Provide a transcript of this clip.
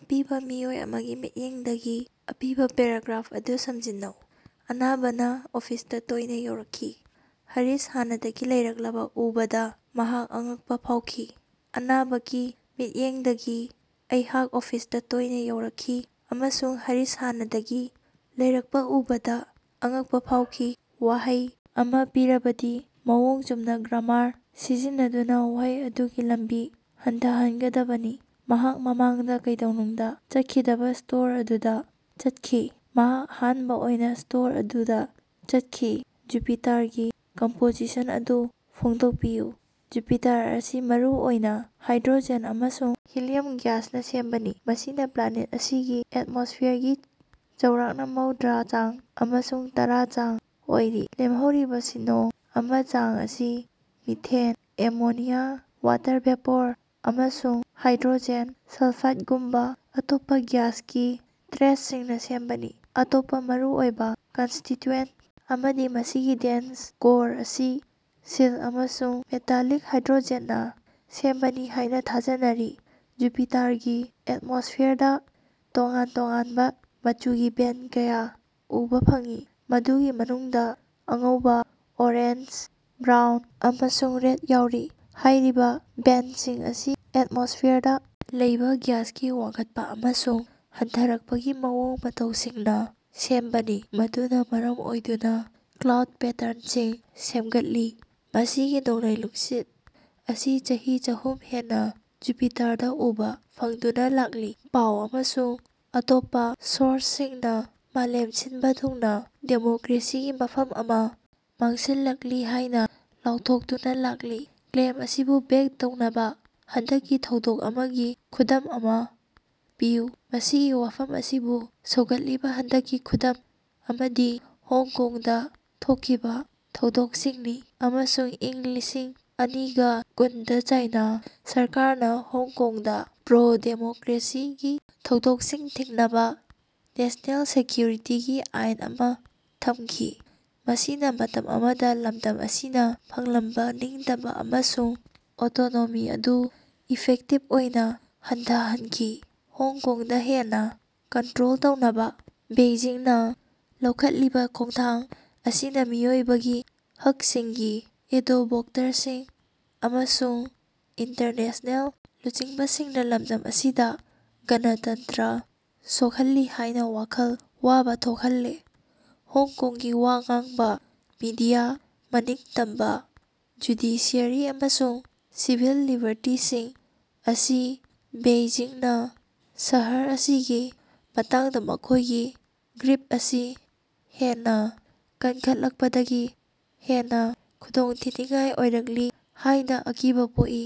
ꯑꯄꯤꯕꯥ ꯃꯤꯑꯣꯏ ꯑꯃꯒꯤ ꯃꯤꯠꯌꯦꯡꯗꯒꯤ ꯑꯄꯤꯕꯥ ꯄꯦꯔꯥꯒ꯭ꯔꯥꯐ ꯑꯗꯨ ꯁꯝꯖꯤꯟꯅꯧ꯫ ꯑꯅꯥꯕꯅꯥ ꯑꯣꯐꯤꯁꯇꯥ ꯇꯣꯏꯅꯥ ꯌꯧꯔꯛꯈꯤ꯫ ꯍꯔꯤꯁ ꯍꯥꯟꯅꯗꯒꯤ ꯂꯩꯔꯛꯂꯕ ꯎꯕꯗ ꯃꯍꯥꯛ ꯑꯉꯛꯄꯥ ꯐꯥꯎꯈꯤ꯫ ꯑꯅꯥꯕꯀꯤ ꯃꯤꯠꯌꯦꯡꯗꯒꯤ: ꯑꯩꯍꯥꯛ ꯑꯣꯐꯤꯁꯇꯥ ꯇꯣꯏꯅ ꯌꯧꯔꯛꯈꯤ ꯑꯃꯁꯨꯡ ꯍꯔꯤꯁ ꯍꯥꯟꯅꯗꯒꯤ ꯂꯩꯔꯛꯄꯥ ꯎꯕꯗꯥ ꯑꯉꯛꯄꯥ ꯐꯥꯎꯈꯤ꯫ ꯋꯥꯍꯩ ꯑꯃꯥ ꯄꯤꯔꯕꯗꯤ, ꯃꯑꯣꯡ ꯆꯨꯝꯅꯥ ꯒ꯭ꯔꯥꯃꯥꯔ ꯁꯤꯖꯤꯟꯅꯗꯨꯅꯥ ꯋꯥꯍꯩ ꯑꯗꯨꯒꯤ ꯂꯝꯕꯤ ꯍꯟꯊꯍꯟꯒꯗꯕꯅꯤ꯫ ꯃꯍꯥꯛ ꯃꯃꯥꯡꯗ ꯀꯩꯗꯧꯅꯨꯡꯗ ꯆꯠꯈꯤꯗꯕ ꯁ꯭ꯇꯣꯔ ꯑꯗꯨꯗꯥ ꯆꯠꯈꯤ꯫ ꯃꯍꯥꯛ ꯑꯍꯥꯟꯕ ꯑꯣꯏꯅꯥ ꯁ꯭ꯇꯣꯔ ꯑꯗꯨꯗ ꯆꯠꯈꯤ꯫ ꯖꯨꯄꯤꯇꯥꯔꯒꯤ ꯀꯝꯄꯣꯖꯤꯁꯟ ꯑꯗꯨ ꯐꯣꯡꯗꯣꯛꯄꯤꯌꯨ꯫ ꯖꯨꯄꯤꯇꯥꯔ ꯑꯁꯤ ꯃꯔꯨ ꯑꯣꯏꯅ ꯍꯥꯏꯗ꯭ꯔꯣꯖꯦꯟ ꯑꯃꯁꯨꯡ ꯍꯤꯂꯤꯌꯝ ꯒ꯭ꯌꯥꯁꯅ ꯁꯦꯝꯕꯅꯤ, ꯃꯁꯤꯅ ꯄ꯭ꯂꯥꯅꯦꯠ ꯑꯁꯤꯒꯤ ꯑꯦꯠꯃꯣꯁ꯭ꯐꯤꯌꯔꯒꯤ ꯆꯥꯎꯔꯥꯛꯅꯥ ꯃꯧꯗꯔꯥ ꯆꯥꯡ ꯑꯃꯁꯨꯡ ꯇꯔꯥ ꯆꯥꯡ ꯑꯣꯏꯔꯤ꯫ ꯂꯦꯝꯍꯧꯔꯤꯕꯥ ꯁꯤꯅ‌ꯣ ꯑꯃꯥ ꯆꯥꯡ ꯑꯁꯤ ꯃꯤꯊꯦꯟ, ꯑꯦꯃꯣꯅꯤꯌꯥ, ꯋꯥꯇꯔ ꯚꯦꯄꯣꯔ ꯑꯃꯁꯨꯡ ꯍꯥꯏꯗ꯭ꯔꯣꯖꯦꯟ ꯁꯜꯐꯥꯏꯗꯒꯨꯝꯕꯥ ꯑꯇꯣꯞꯄꯥ ꯒ꯭ꯌꯥꯁꯀꯤ ꯇ꯭ꯔꯦꯁꯁꯤꯡꯅꯥ ꯁꯦꯝꯕꯅꯤ꯫ ꯑꯇꯣꯞꯄꯥ ꯃꯔꯨꯑꯣꯏꯕꯥ ꯀꯟꯁꯇꯤꯇꯌꯨꯑꯦꯟꯇ ꯑꯃꯗꯤ ꯃꯁꯤꯒꯤ ꯗꯦꯟꯁ ꯀꯣꯔ ꯑꯁꯤ ꯁꯤꯜ ꯑꯃꯁꯨꯡ ꯃꯦꯇꯥꯂꯤꯛ ꯍꯥꯏꯗ꯭ꯔꯣꯖꯦꯟꯅꯥ ꯁꯦꯝꯕꯅꯤ ꯍꯥꯏꯅ ꯊꯥꯖꯅꯔꯤ꯫ ꯖꯨꯄꯤꯇꯥꯔꯒꯤ ꯑꯦꯠꯃꯣꯁ꯭ꯐꯤꯌꯔꯗꯥ ꯇꯣꯉꯥꯟ ꯇꯣꯉꯥꯟꯕ ꯃꯆꯨꯒꯤ ꯕꯦꯟꯗ ꯀꯌꯥ ꯎꯕ ꯐꯪꯏ, ꯃꯗꯨꯒꯤ ꯃꯅꯨꯡꯗ ꯑꯉꯧꯕ, ꯑꯣꯔꯦꯟꯖ, ꯕ꯭ꯔꯥꯎꯟ ꯑꯃꯁꯨꯡ ꯔꯦꯗ ꯌꯥꯎꯔꯤ꯫ ꯍꯥꯏꯔꯤꯕ ꯕꯦꯟꯗꯁꯤꯡ ꯑꯁꯤ ꯑꯦꯠꯃꯣꯁ꯭ꯐꯤꯌꯔꯗꯥ ꯂꯩꯕꯥ ꯒ꯭ꯌꯥꯁꯀꯤ ꯋꯥꯡꯈꯠꯄ ꯑꯃꯁꯨꯡ ꯍꯟꯊꯔꯛꯄꯒꯤ ꯃꯑꯣꯡ-ꯃꯇꯧꯁꯤꯡꯅ ꯁꯦꯝꯕꯅꯤ, ꯃꯗꯨꯅ ꯃꯔꯝ ꯑꯣꯏꯗꯨꯅ ꯀ꯭ꯂꯥꯎꯗ ꯄꯦꯇꯔꯟꯁꯤꯡ ꯁꯦꯝꯒꯠꯂꯤ꯫ ꯃꯁꯤꯒꯤ ꯅꯣꯡꯂꯩ-ꯅꯨꯡꯁꯤꯠ ꯑꯁꯤ ꯆꯍꯤ ꯆꯥꯍꯨꯝ ꯍꯦꯟꯅ ꯖꯨꯄꯤꯇꯥꯔꯗ ꯎꯕꯥ ꯐꯪꯗꯨꯅꯥ ꯂꯥꯛꯂꯤ꯫ ꯄꯥꯎ ꯑꯃꯁꯨꯡ ꯑꯇꯣꯞꯄ ꯁꯣꯔꯁꯁꯤꯡꯅ ꯃꯥꯂꯦꯝ ꯁꯤꯟꯕ ꯊꯨꯡꯅ ꯗꯦꯃꯣꯀꯔꯦꯁꯤꯒꯤ ꯃꯐꯝ ꯑꯃꯥ ꯃꯥꯡꯁꯤꯜꯂꯛꯂꯤ ꯍꯥꯏꯅ ꯂꯥꯎꯊꯣꯛꯇꯨꯅꯥ ꯂꯥꯛꯂꯤ꯫ ꯀ꯭ꯂꯦꯝ ꯑꯁꯤꯕꯨ ꯕꯦꯛ ꯇꯧꯅꯕ ꯍꯟꯗꯛꯀꯤ ꯊꯧꯗꯣꯛ ꯑꯃꯒꯤ ꯈꯨꯗꯝ ꯑꯃꯥ ꯄꯤꯌꯨ꯫ ꯃꯁꯤꯒꯤ ꯋꯥꯐꯝ ꯑꯁꯤꯕꯨ ꯁꯧꯒꯠꯂꯤꯕ ꯍꯟꯗꯛꯀꯤ ꯈꯨꯗꯝ ꯑꯃꯗꯤ ꯍꯣꯡꯀꯣꯡꯗꯥ ꯊꯣꯛꯈꯤꯕꯥ ꯊꯧꯗꯣꯛꯁꯤꯡꯅꯤ꯫ ꯑꯃꯁꯨꯡ ꯏꯪ ꯂꯤꯁꯤꯡ ꯑꯅꯤꯒ ꯀꯨꯟꯗꯥ ꯆꯥꯏꯅꯥ ꯁꯔꯀꯥꯔꯅ ꯍꯣꯡꯀꯣꯡꯗ ꯄ꯭ꯔꯣꯗꯦꯃꯣꯀꯔ꯭ꯦꯁꯤꯒꯤ ꯊꯧꯗꯣꯛꯁꯤꯡ ꯊꯤꯡꯅꯕꯥ ꯅꯦꯁ꯭ꯅꯦꯜ ꯁꯦꯀ꯭ꯌꯨꯔꯤꯇꯤꯒꯤ ꯑꯥꯏꯟ ꯑꯃꯥ ꯊꯝꯈꯤ, ꯃꯁꯤꯅ ꯃꯇꯝ ꯑꯃꯗ ꯂꯝꯗꯝ ꯑꯁꯤꯅ ꯐꯪꯂꯝꯕ ꯅꯤꯡꯇꯝꯕ ꯑꯃꯁꯨꯡ ꯑꯣꯇꯣꯅꯣꯃꯤ ꯑꯗꯨ ꯏꯐꯦꯛꯇꯤꯕ ꯑꯣꯏꯅ ꯍꯟꯊꯍꯟꯈꯤ꯫ ꯍꯣꯡꯀꯣꯡꯗꯥ ꯍꯦꯟꯅꯥ ꯀꯟꯇꯔꯣꯜ ꯇꯧꯅꯕ ꯕꯦꯏꯖꯤꯡꯅ ꯂꯧꯈꯠꯂꯤꯕ ꯈꯣꯡꯊꯥꯡ ꯑꯁꯤꯅ ꯃꯤꯑꯣꯏꯕꯒꯤ ꯍꯛꯁꯤꯡꯒꯤ ꯑꯦꯗꯣꯕꯣꯛꯇꯔꯁꯤꯡ ꯑꯃꯁꯨꯡ ꯏꯟꯇꯔꯅꯦꯁ꯭ꯅꯦꯜ ꯂꯨꯆꯤꯡꯕꯁꯤꯡꯅ ꯂꯝꯗꯝ ꯑꯁꯤꯗ ꯒꯅꯇꯟꯇꯔ ꯁꯣꯛꯍꯜꯂꯤ ꯍꯥꯏꯅꯥ ꯋꯥꯈꯜ ꯋꯥꯕ ꯊꯣꯛꯍꯜꯂꯦ꯫ ꯍꯣꯡꯀꯣꯡꯒꯤ ꯋꯥ ꯉꯥꯡꯕꯥ ꯃꯤꯗꯤꯌꯥ, ꯃꯅꯤꯡꯇꯝꯕ ꯖꯨꯗꯤꯁꯤꯌꯔꯤ ꯑꯃꯁꯨꯡ ꯁꯤꯚꯤꯜ ꯂꯤꯕꯔꯇꯤꯁꯤꯡ ꯑꯁꯤ ꯕꯦꯏꯖꯤꯡꯅ ꯁꯍꯔ ꯑꯁꯤꯒꯤ ꯃꯇꯥꯡꯗ ꯃꯈꯣꯏꯒꯤ ꯒ꯭ꯔꯤꯞ ꯑꯁꯤ ꯍꯦꯟꯅꯥ ꯀꯟꯈꯠꯂꯛꯄꯗꯒꯤ ꯍꯦꯟꯅ ꯈꯨꯗꯣꯡꯊꯤꯅꯤꯡꯉꯥꯏ ꯑꯣꯏꯔꯛꯂꯤ ꯍꯥꯏꯅꯥ ꯑꯀꯤꯕꯥ ꯄꯣꯛꯏ꯫